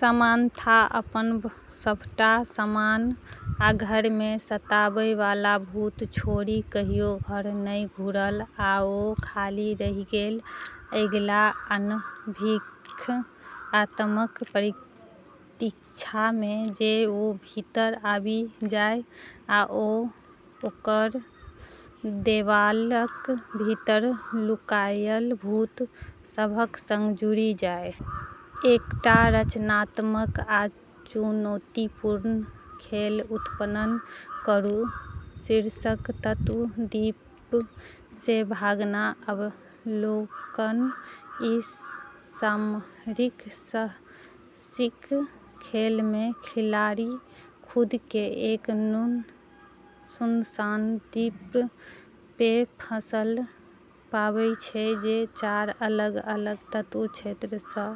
Samantha अपन सभटा सामान आ घर मे सताबय बला भूत छोड़ि कहियो घर नहि घुरल। आ ओ खाली रहि गेल, अगिला अनभिज्ञ आत्माक प्रतीक्षा मे जे ओ भीतर आबि जाय आ ओकर देबालक भीतर लुकायल भूत सभक संग जुड़ि जाय। एकटा रचनात्मक आ चुनौतीपूर्ण खेल उत्पन्न करू। शीर्षक तत्व द्वीप से भागना अवलोकन ई सामरिक साहसिक खेल मे खिलाड़ी खुद के एक सुनसान द्वीप पे फंसलऽ पाबै छै जे चार अलग-अलग तत्व क्षेत्रऽ स॑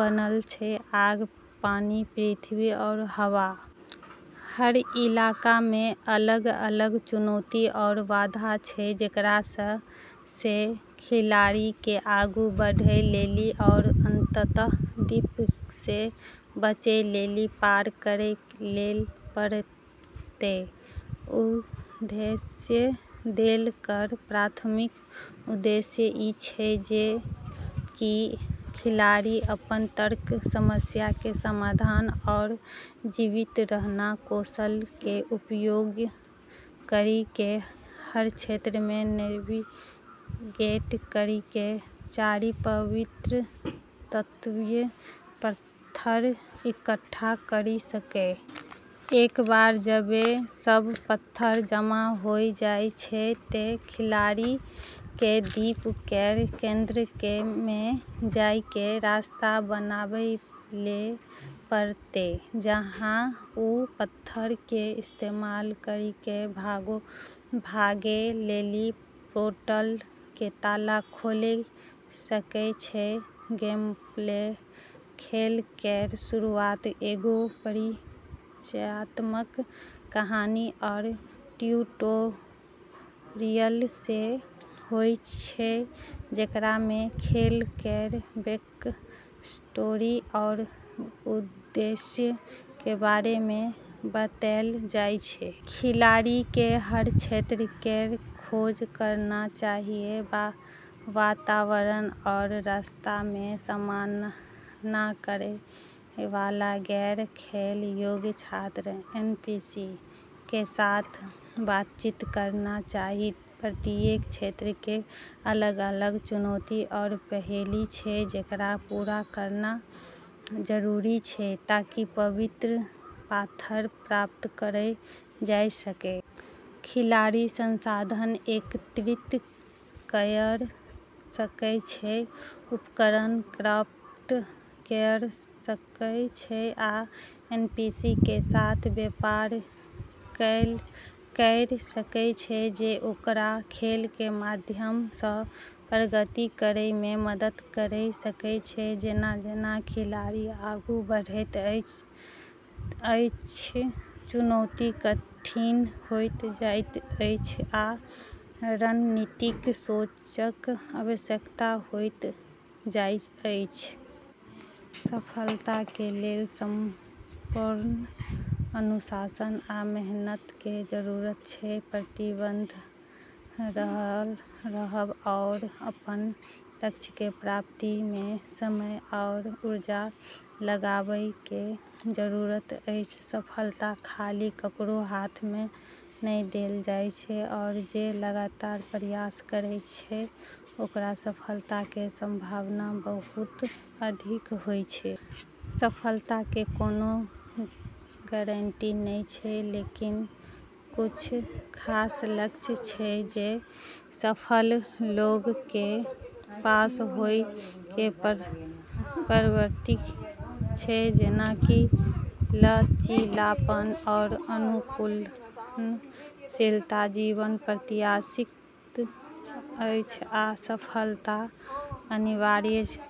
बनलऽ छै, आग, पानी, पृथ्वी, आरू हवा। हर इलाका मे अलग-अलग चुनौती आरू बाधा छै जेकरा से खिलाड़ी के आगू बढ़ै लेली आरू अंततः द्वीप से बचै लेली पार करै ले पड़तै। उद्देश्य खेल केरऽ प्राथमिक उद्देश्य ई छै कि खिलाड़ी अपनऽ तर्क, समस्या के समाधान आरू जीवित रहना कौशल के उपयोग करी के हर क्षेत्र मे नेविगेट करी के चारि पवित्र तत्वीय पत्थर इकट्ठा करी सके। एक बार जबे सब पत्थर जमा होय जाय छै ते खिलाड़ी के द्वीप केरऽ केंद्र मे जाय के रास्ता बनाबै ले पड़तै, जहां उ पत्थरऽ के इस्तेमाल करी के भागै लेली पोर्टल के ताला खोले सकै छै, गेमप्ले खेल केरऽ शुरुआत एगो परिचयात्मक कहानी आरू ट्यूटोरियल से होय छै जेकरा मे खेल केरऽ बैकस्टोरी आरू उद्देश्य के बारे मे बतैलऽ जाय छै। खिलाड़ी के हर क्षेत्र केरऽ खोज करना चाहियऽ, वातावरण आरू रास्ता मे सामना करै वाला गैर-खेल योग्य पात्र (एनपीसी) के साथ बातचीत करना चाहि। प्रत्येक क्षेत्र के अलग-अलग चुनौती आरू पहेली छै जेकरा पूरा करना जरूरी छै ताकि पवित्र पाथर प्राप्त करलऽ जाय सके। खिलाड़ी संसाधन एकत्रित कयर सकय छै, उपकरण क्राफ्ट कयर सकय छै आ एनपीसी कें साथ व्यापार कयर सकय छै जे ओकरा खेल कें माध्यम सं प्रगति करय मे मदद करय सकय छै जेना-जेना खिलाड़ी आगू बढ़ैत छथि, चुनौती कठिन होइत जाइत अछि आ रणनीतिक सोचक आवश्यकता होइत जाइत अछि। सफलता के लेल समर्पण, अनुशासन आ मेहनत के जरूरत छै। प्रतिबद्ध रहब आओर अपन लक्ष्य के प्राप्ति मे समय आओर ऊर्जा लगाबय के जरूरत अछि, सफलता खाली ककरो हाथ में नै देलऽ जाय छै आरू जे लगातार प्रयास करै छै ओकरऽ सफलता के संभावना बहुत अधिक होय छै। सफलता के कोनो गारंटी नै छै लेकिन कुछ खास लक्षण छै जे सफल लोगऽ के पास होय के प्रवृत्ति छै जेना कि लचीलापन आरू अनुकूलनशीलता, जीवन अप्रत्याशित अछि आ असफलता अनिवार्य।